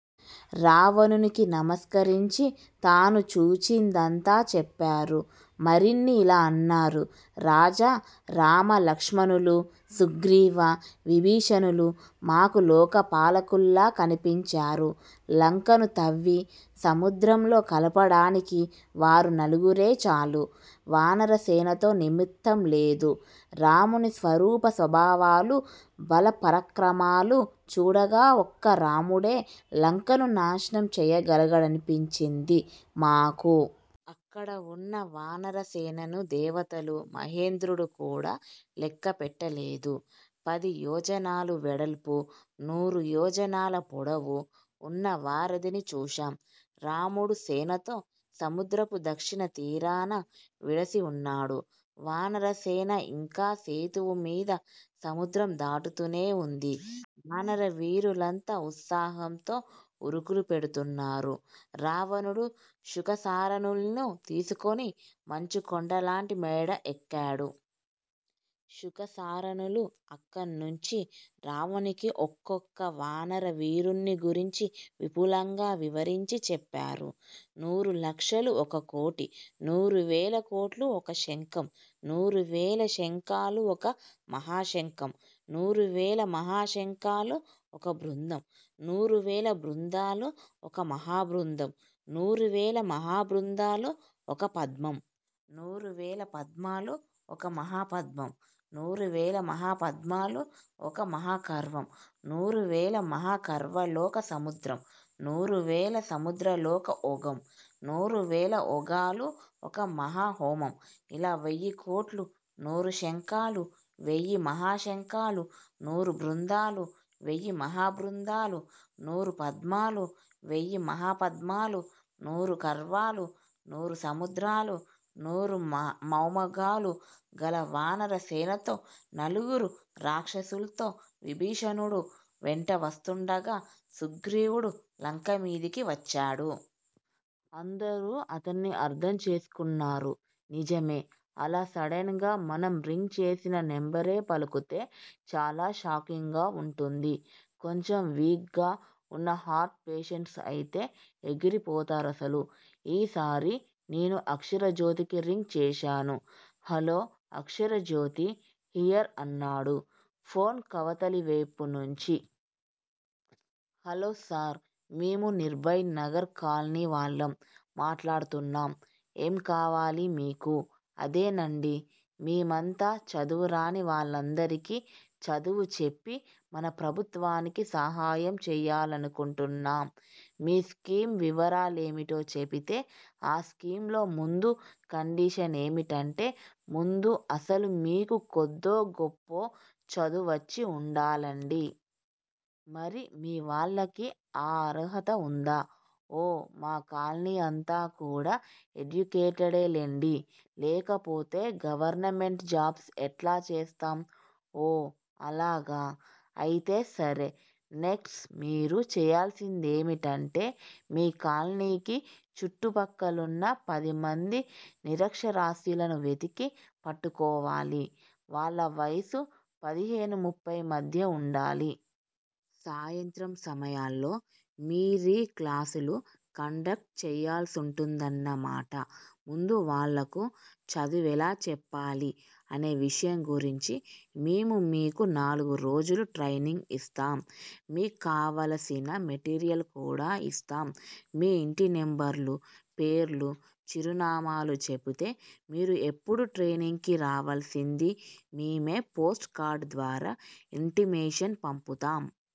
రావణునికి నమస్కరించి తాను చూచిదంతా చెప్పారు. మరిన్నీ ఇలా అన్నారు. రాజా! రామలక్ష్మణులూ, సుగ్రీవ, విభీషణులూ మాకు లోకపాలకుల్లా కనిపించారు. లంకను తవ్వి, సముద్రంలో కలపడానికి వారు నలుగురే చాలు. వానరసేనతో నిమిత్తంలేదు. రాముని స్వరూప స్వభావాలూ, బలపరాక్రమాలు చూడగా ఒక్క రాముడే లంకను నాశనం చేయగలడనిపించింది మాకు. అక్కడవున్న వానరసేనను దేవతలూ, మహేంద్రుడు కూడా లెక్కపెట్టలేదు. పది యోజనాలు వెడల్పూ, నూరు యోజనాల పొడవూ వున్న వారధిని చూశాం. రాముడు సేనతో సముద్రపు దక్షిణ తీరాన విడిసి వున్నాడు. వానరసేన ఇంకా సేతువు మీద సముద్రం దాటుతూనే వుంది. వానరవీరులంతా ఉత్సాహంతో ఉరుకులు పెడ్తున్నారు. రావణుడు శుకసారణుల్ను తీసుకొని మంచుకొండలాంటి మేడ ఎక్కాడు. శుకసారణులు అక్కణ్ణుంచి రావణునికి ఒక్కొక్క వానర వీరుణ్ణి గురించి విపులంగా వివరించి చెప్పారు. నూరు లక్షలు ఒక కోటి. నూరు వేల కోట్లు ఒక శంఖం. నూరు వేల శంఖాలు ఒక మహాశంఖం. నూరువేల మహాశంఖాలు ఒక బృందం. నూరువేల బృందాలు ఒక మహాబృందం. నూరువేల మహాబృందాలు ఒక పద్మం. నూరువేల పద్మాలు ఒక మహాపద్మం. నూరువేల మహాపద్మాలు ఒక మహాఖర్వం. నూరువేల మహాఖర్వాలొక సముద్రం. నూరువేల సముద్రాలొక ఓఘం. నూరువేల ఓఘాలు ఒక మహౌమం. ఇలా వెయ్యికోట్లూ, నూరు శంఖాలూ, వేయి మహాశంఖాలూ, నూరు బృందాలూ, వెయ్యిమహా బృందాలూ, నూరు పద్మాలూ, వెయ్యి మహాపద్మాలూ, నూరు ఖర్వాలూ, నూరు సముద్రాలూ, నూరు మహౌఘాలూ గల వానరసేనతో, నలుగురు రాక్షసుల్తో విభీషణుడు వెంట వస్తుండగా సుగ్రీవుడు లంకమీదికి వచ్చాడు. అందరూ అతనిని అర్థం చేసుకున్నారు. నిజమే! అలా సడెన్ గా మనం రింగ్ చేసిన నెంబరే పలుకుతే చాలా షాకింగ్ గా వుంటుంది. కొంచెం వీక్ గా ఉన్న హార్ట్ పేషెంట్స్ అయితే ఎగిరి పోతారసలు ఈసారి నేను అక్షరజ్యోతికి రింగ్ చేశాను. హల్లో అక్షరజ్యోతి హియర్ అన్నాడు ఫోన్ కవతలివేపు నుంచీ. Hello sir. మేము నిర్భయ్ నగర్ కాలనీ వాళ్ళం మాట్లాడుతున్నాం ఏం కావాలి మీకు? అదేనండీ! మేమంతా చదువురాని వాళ్ళందరికీ చదువు చెప్పి మన ప్రభుత్వానికి సహాయం చేయాలనుకుంటున్నాం. మీ స్కీమ్ వివరాలేమిటో చెపితే? ఆ స్కీమ్ లో ముందు కండిషనేమిటంటే ముందు అసలు మీకు కొద్దో గొప్పో చదువొచ్చి ఉండాలండీ! మరి మీ వాళ్ళకి. ఆ అర్హత ఉందా? ఓ మా కాలనీ అంతా కూడా ఎడ్యుకేటెడేలెండి. లేకపోతే గవర్నమెంట్ జాబ్స్ ఎట్లా చేస్తాం? ఓ! అలాగా! అయితే సరే! నెక్ట్స్ మీరు చేయాల్సిందేమిటంటే మీ కాలనీకి చుట్టు పక్కలున్న పదిమంది నిరక్షరాస్యులను వెతికి పట్టుకోవాలి. వాళ్ళ వయసు పదిహేనూ ముఫ్పై మధ్య ఉండాలి. సాయంత్రం సమయాల్లో మీరీ క్లాసులు కండక్ట్ చేయాల్సుంటుందన్నమాట. ముందు వాళ్ళకు చదువెలా చెప్పాలీ అనే విషయం గురించి మేము మీకు నాలుగు రోజులు ట్రైనింగ్ ఇస్తాం! మీక్కావలసిన మెటీరియల్ కూడా ఇస్తాం. మీ ఇంటి నెంబర్లు, పేర్లు, చిరునామాలు చెపితే మీరు ఎప్పుడు ట్రైనింగ్ కి రావలసిందీ మేమే పోస్ట్ కార్డ్ ద్వారా ఇంటిమేషన్ పంపుతాం!